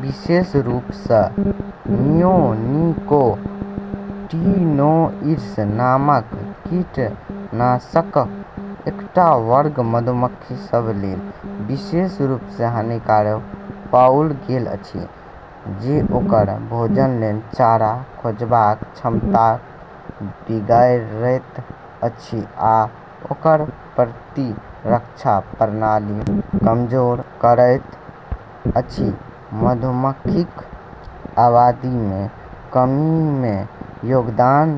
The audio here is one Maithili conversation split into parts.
विशेष रूपसँ नियोनिकोटिनोइड्स नामक कीटनाशकक एकटा वर्ग मधुमक्खी सभ लेल विशेष रूपसँ हानिकारक पाओल गेल अछि, जे ओकर भोजन लेल चारा खोजबाक क्षमताकेँ बिगाड़ैत अछि आ ओकर प्रतिरक्षा प्रणाली कमजोर करैत अछि। मधुमक्खीक आबादीमे कमीमे योगदान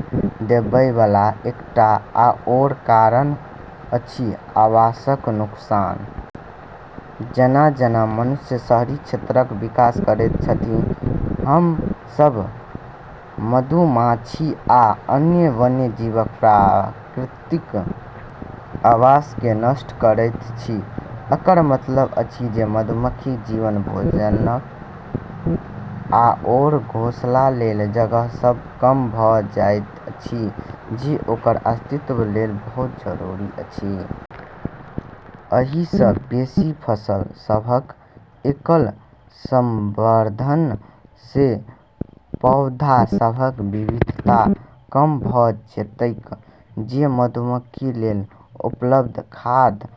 देबैबला एकटा आओर कारक अछि आवासक नुकसान। जेना-जेना मनुष्य शहरी क्षेत्रक विकास करैत छथि, हम सभ मधुमाछी आ अन्य वन्यजीवक प्राकृतिक आवासकेँ नष्ट करैत छी। एकर मतलब अछि जे मधुमक्खीक भोजन आओर घोंसला लेल जगह कम भऽ जाइत अछि, जे ओकर अस्तित्व लेल बहुत जरूरी अछि। एहिसँ बेसी फसल सभक एकल संवर्धनसँ पौधा सभक विविधता कम भऽ जेतैक, जे मधुमक्खी लेल उपलब्ध खाद्य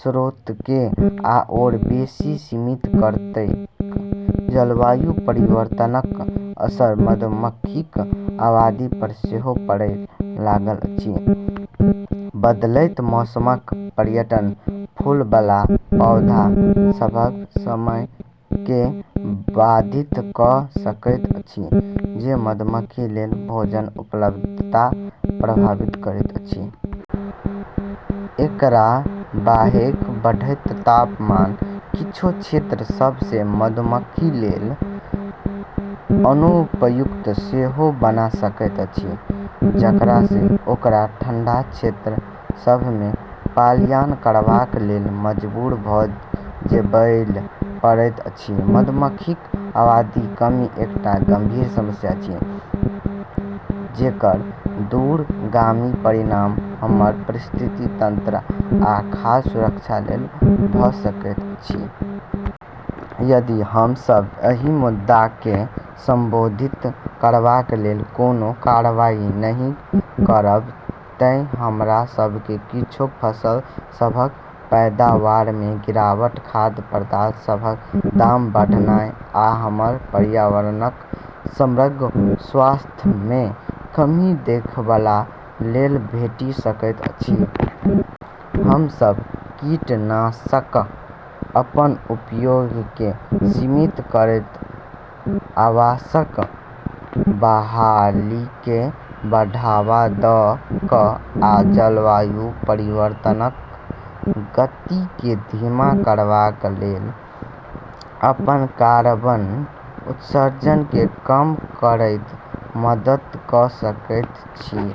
स्रोतकेँ आओर बेसी सीमित करतैक। जलवायु परिवर्तनक असर मधुमक्खीक आबादी पर सेहो पड़ै लागल अछि। बदलैत मौसमक पैटर्न फूलबला पौधा सभक समयकेँ बाधित कऽ सकैत अछि, जे मधुमक्खी लेल भोजनक उपलब्धताकेँ प्रभावित करैत अछि। एकरा बाहेक बढ़ैत तापमान किछु क्षेत्र सभकेँ मधुमक्खी लेल अनुपयुक्त सेहो बना सकैत अछि, जेकरासँ ओकरा ठंढा क्षेत्र सभमे पलायन करबा लेल मजबूर भऽ जेबैल पड़ैत अछि। मधुमक्खीक आबादीमे कमी एकटा गंभीर समस्या अछि जेकर दूरगामी परिणाम हमर पारिस्थितिकी तंत्र आ खाद्य सुरक्षा लेल भऽ सकैत अछि। यदि हम सभ एहि मुद्दाकेँ संबोधित करबा लेल कोनो कार्रवाई नहि करब तँ हमरा सभकेँ किछु फसल सभक पैदावारमे गिरावट, खाद्य पदार्थ सभक दाम बढ़नाइ, आ हमर पर्यावरणक समग्र स्वास्थ्यमे कमी देखबा लेल भेटि सकैत अछि। हम सभ कीटनाशकक अपन उपयोगकेँ सीमित करैत, आवासक बहालीकेँ बढ़ावा दऽ कऽ, आ जलवायु परिवर्तनक गतिकेँ धीमा करबा लेल अपन कार्बन उत्सर्जनकेँ कम करैत मदद कऽ सकैत छी।